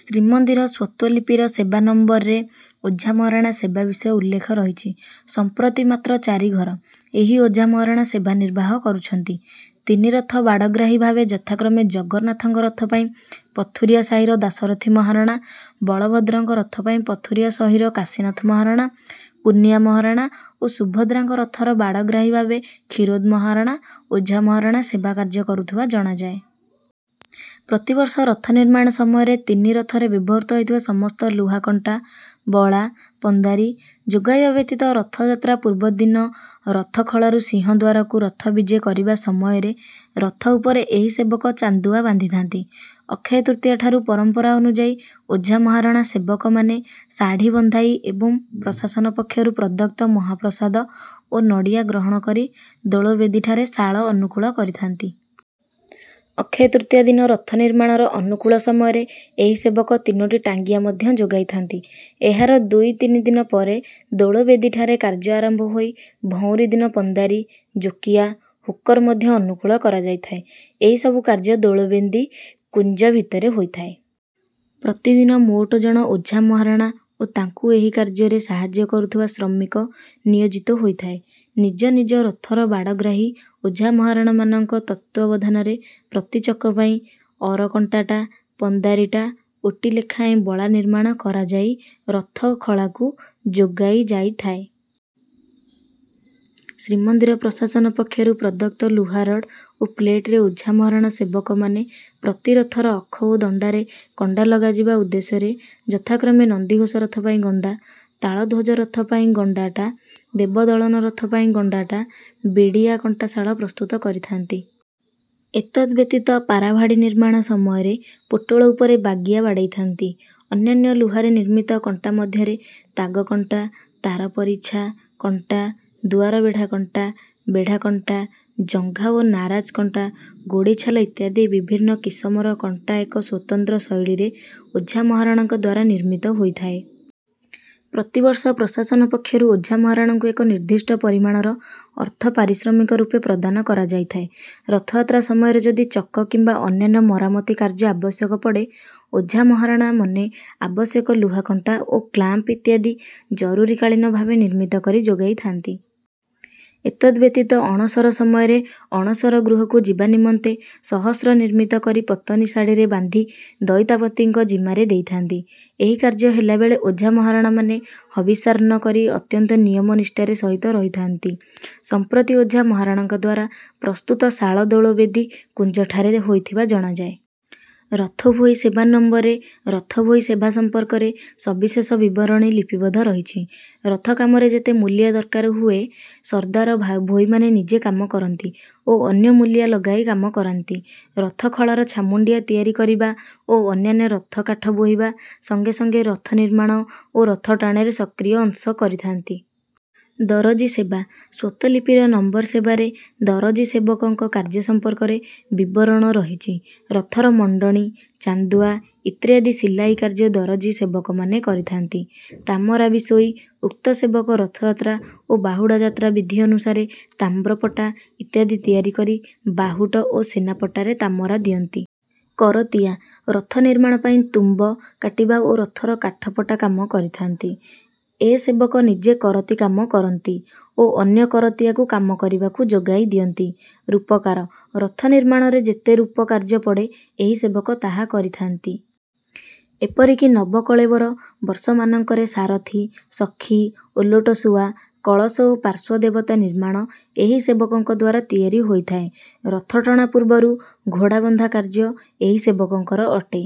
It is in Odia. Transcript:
ଶ୍ରୀମନ୍ଦିର ସ୍ୱତ୍ତ୍ୱଲିପିର ସେବା ନଂ ରେ ଓଝା ମହାରଣା ସେବା ବିଷୟ ଉଲେଖ ରହିଛି। ସମ୍ପ୍ରତି ମାତ୍ର ଚାରି ଘର ଏହି ଓଝା ମହାରଣା ସେବା ନିର୍ବାହ କରୁଛନ୍ତି। ତିନି ରଥ ବାଡ଼ଗ୍ରାହୀ ଭାବେ ଯଥାକ୍ରମେ ଜଗନ୍ନାଥଙ୍କ ରଥ ପାଇଁ ପଥୁରିଆ ସାହିର ଦାଶରଥି ମହାରଣା, ବଳଭଦ୍ରଙ୍କ ରଥ ପାଇଁ ପଥୁରିଆ ସହିର କାଶିନାଥ ମହାରଣା, କୁନିଆ ମହାରଣା ଓ ସୁଭଦ୍ରାଙ୍କ ରଥର ବାଡ଼ଗ୍ରାହୀ ଭାବେ କ୍ଷୀରୋଦ ମହରଣା ଓଝା ମହାରଣା ସେବା କାର୍ଯ୍ୟ କରୁଥିବା ଜଣାଯାଏ। ପ୍ରତି ବର୍ଷ ରଥ ନିର୍ମାଣ ସମୟରେ ତିନି ରଥରେ ବ୍ୟବହୃତ ହେଉଥିବା ସମସ୍ତ ଲୁହାକଣ୍ଟା, ବଳା, ପନ୍ଦାରି ଯୋଗାଇବା ବ୍ୟତୀତ ରଥଯାତ୍ରା ପୂର୍ବ ଦିନ ରଥ ଖଳାରୁ ସିଂହଦ୍ୱାରକୁ ରଥ ବିଜେ କରିବା ସମୟରେ ରଥ ଉପରେ ଏହି ସେବକ ଚାନ୍ଦୁଆ ବାନ୍ଧିଥାନ୍ତି। ଅକ୍ଷୟ ତୃତୀୟାଠାରୁ ପରମ୍ପରା ଅନୁଯାୟୀ ଓଝା ମହାରଣା ସେବକମାନେ ଶାଢ଼ୀ଼ ବନ୍ଧାଇ ଏବଂ ପ୍ରଶାସନ ପକ୍ଷରୁ ପ୍ରଦତ୍ତ ମହାପ୍ରସାଦ ଓ ନଡ଼ିଆ ଗ୍ରହଣ କରି ଦୋଳବେଦୀଠାରେ ଶାଳ ଅନୁକୂଳ କରିଥାନ୍ତି। ଅକ୍ଷୟ ତୃତୀୟା ଦିନ ରଥ ନିର୍ମାଣର ଅନୁକୂଳ ସମୟରେ ଏହି ସେବକ ତିନୋଟି ଟାଙ୍ଗିଆ ମଧ୍ୟ ଯୋଗାଇଥାନ୍ତି। ଏହାର ଦୁଇ ତିନିଦିନ ପରେ ଦୋଳବେଦୀଠାରେ କାର୍ଯ୍ୟ ଆରମ୍ଭ ହୋଇ ଭଉଁରୀ ଦିନ ପନ୍ଦାରି, ଜୋକିଆ, ହୁକର ମଧ୍ୟ ଅନୁକୂଳ କରାଯାଇଥାଏ। ଏହି ସବୁ କାର୍ଯ୍ୟ ଦୋଳବେଦୀ କୁଞ୍ଜ ଭିତରେ ହୋଇଥାଏ। ପ୍ରତି ଦିନ ମୋଟ ଜଣ ଓଝା ମହାରଣା ଓ ତାଙ୍କୁ ଏହି କାର୍ଯ୍ୟରେ ସାହାଯ୍ୟ କରୁଥିବା ଶ୍ରମିକ ନିୟୋଜିତ ହୋଇଥାଏ। ନିଜ ନିଜ ରଥର ବାଡ଼ଗ୍ରାହୀ ଓଝା ମହାରଣାମାନଙ୍କ ତତ୍ତ୍ୱାବଧାନରେ ପ୍ରତି ଚକ ପାଇଁ ଅରକଣ୍ଟା ଟା, ପନ୍ଦାରି ଟା ଓ ଟି ଲେଖାଏଁ ବଳା ନିର୍ମାଣ କରାଯାଇ ରଥଖଳାକୁ ଯୋଗାଯାଇଥାଏ। ଶ୍ରୀମନ୍ଦିର ପ୍ରଶାସନ ପକ୍ଷରୁ ପ୍ରଦତ୍ତ ଲୁହା ରଡ଼୍ ଓ ପ୍ଲେଟରେ ଓଝା ମହାରଣା ସେବକମାନେ ପ୍ରତିରଥର ଅଖ ଓ ଦଣ୍ଡାରେ କଣ୍ଡା ଲଗାଯିବା ଉଦ୍ଦେଶ୍ୟରେ ଯଥାକ୍ରମେ ନନ୍ଦିଘୋଷ ରଥ ପାଇଁ ଗଣ୍ଡା, ତାଳଧ୍ୱଜ ରଥ ପାଇଁ ଗଣ୍ଡା ଟା ଓ ଦେବଦଳ୍ନ ରଥ ପାଇଁ ଗଣ୍ଡା ଟା ବିଡିଆ କଣ୍ଟା ଶାଳ ପ୍ରସ୍ତୁତ କରିଥାନ୍ତି। ଏତଦବ୍ୟତୀତ ପାରାଭାଡ଼ି ନିର୍ମାଣ ସମୟରେ ପୋଟଳ ଉପରେ ବାଗିଆ ବାଡେଇଥାନ୍ତି। ଅନ୍ୟାନ୍ୟ ଲୁହାରେ ନିର୍ମିତ କଣ୍ଟା ମଧ୍ୟରେ ତାଗକଣ୍ଟା, ତାର ପରିଚ୍ଛା କଣ୍ଟା, ଦୁଆର ବେଢା଼ କଣ୍ଟା, ବେଢା଼ କଣ୍ଟା, ଜଙ୍ଘା ଓ ନାରାଜ କଣ୍ଟା, ଗୋଡି଼ଛାଲ ଇତ୍ୟାଦି ବିଭିନ୍ନ କିସମର କଣ୍ଟା ଏକ ସ୍ୱତନ୍ତ୍ର ଶୈଳୀରେ ଓଝା ମହାରଣାଙ୍କଦ୍ୱାରା ନିର୍ମିତ ହୋଇଥାଏ। ପ୍ରତି ବର୍ଷ ପ୍ରଶାସନ ପକ୍ଷରୁ ଓଝା ମହାରଣାଙ୍କୁ ଏକ ନିର୍ଦ୍ଦିଷ୍ଟ ପରିମାଣର ଅର୍ଥ ପାରିଶ୍ରମିକ ରୂପେ ପ୍ରଦାନ କରାଯାଇଥାଏ। ରଥଯାତ୍ରା ସମୟରେ ଯଦି ଚକ କିମ୍ବା ଅନ୍ୟାନ୍ୟ ମରାମତି କାର୍ଯ୍ୟ ଆବଶ୍ୟକ ପଡେ, ଓଝା ମହାରଣା ମନେ ଆବଶ୍ୟକୀୟ ଲୁହା କଣ୍ଟା ଓ କ୍ଲାମ୍ପ ଇତ୍ୟାଦି ଜରୁରୀକାଳୀନ ଭାବେ ନିର୍ମିତ କରି ଯୋଗାଇଥାନ୍ତି। ଏତଦବ୍ୟତୀତ ଅଣସର ସମୟରେ ଅଣସର ଗୃହକୁ ଯିବା ନିମନ୍ତେ ସହସ୍ର ନିର୍ମିତ କରି ପତନି ଶାଢ଼ୀ଼ରେ ବାନ୍ଧି ଦଇତାପତିଙ୍କ ଜିମାରେ ଦେଇଥାନ୍ତି। ଏହି କାର୍ଯ୍ୟ ହେଲା ବେଳେ ଓଝା ମହରଣାମାନେ ହବିଷାନ୍ନ କରି ଅତ୍ୟନ୍ତ ନିୟମ ନିଷ୍ଠାର ସହିତ ରହିଥାନ୍ତି। ସମ୍ପ୍ରତି ଓଝା ମହାରଣାଙ୍କଦ୍ୱାରା ପ୍ରସ୍ତୁତ ଶାଳ ଦୋଳବେଦୀ କୁଞ୍ଜଠାରେ ହେଇଥିବା ଜଣାଯାଏ। ରଥ ଭୋଇ:ସେବା ନଂ ରେ ରଥ ଭୋଇ ସେବା ସମ୍ପର୍କରେ ସବିଶେଷ ବିବରଣୀ ଲିପିବଦ୍ଧ ରହିଛି। ରଥ କାମରେ ଯେତେ ମୁଲିଆ ଦରକାର ହୁଏ ଏ ସର୍ଦ୍ଦାର ଭୋଇମାନେ ନିଜେ କାମ କରନ୍ତି ଓ ଅନ୍ୟ ମୁଲିଆ ଲଗାଇ କାମ କରାନ୍ତି। ରଥଖଳାର ଛାମୁଣ୍ଡିଆ ତିଆରି କରିବା ଓ ଅନ୍ୟାନ୍ୟ ରଥ କାଠ ବୋହିବା ସଙ୍ଗେ ସଙ୍ଗେ ରଥ ନିର୍ମାଣ ଓ ରଥଟଣାରେ ସକ୍ରିୟ ଅଂଶ କରିଥାନ୍ତି। ଦରଜୀ ସେବା: ସ୍ୱତ୍ତ୍ୱଲିପିର ନଂ ସେବାରେ ଦରଜୀ ସେବକଙ୍କ କାର୍ଯ୍ୟ ସମ୍ପର୍କରେ ବିବରଣ ରହିଛି। ରଥର ମଣ୍ଡଣି, ଚାନ୍ଦୁଆ ଇତ୍ର୍ୟାଦି ସିଲାଇ କାର୍ଯ୍ୟ ଦରଜୀ ସେବକମାନେ କରିଥାନ୍ତି। ତାମରା ବିଶୋଇ: ଉକ୍ତ ସେବକ ରଥଯାତ୍ରା ଓ ବାହୁଡ଼ା ଯାତ୍ରା ବିଧି ଅନୁସାରେ ତାମ୍ରପଟା ଇତ୍ୟାଦି ତିଆରି କରି ବାହୁଟ ଓ ସେନାପଟାରେ ତାମରା ଦିଅନ୍ତି। କରତିଆ: ରଥ ନିର୍ମାଣ ପାଇଁ ତୁମ୍ବ କାଟିବା ଓ ରଥର କାଠ ପଟା କାମ କରିଥାନ୍ତି। ଏ ସେବକ ନିଜେ କରତି କାମ କରନ୍ତି ଓ ଅନ୍ୟ କରତିଆକୁ କାମ କରିବାକୁ ଯୋଗାଇ ଦିଅନ୍ତି। ରୂପକାର: ରଥ ନିର୍ମାଣରେ ଯେତେ ରୂପ କାର୍ଯ୍ୟ ପଡେ, ଏହି ସେବକ ତାହା କରିଥାନ୍ତି। ଏପରିକି ନବକଳେବର ବର୍ଷମାନଙ୍କରେ ସାରଥୀ, ସଖୀ, ଓଲଟ ଶୁଆ, କଳସ ଓ ପାର୍ଶ୍ୱ ଦେବତା ନିର୍ମାଣ ଏହି ସେବକଙ୍କଦ୍ୱାରା ତିଆରି ହୋଇଥାଏ। ରଥଟଣା ପୂର୍ବରୁ ଘୋଡ଼ା ବନ୍ଧା କାର୍ଯ୍ୟ ଏହି ସେବକଙ୍କର ଅଟେ।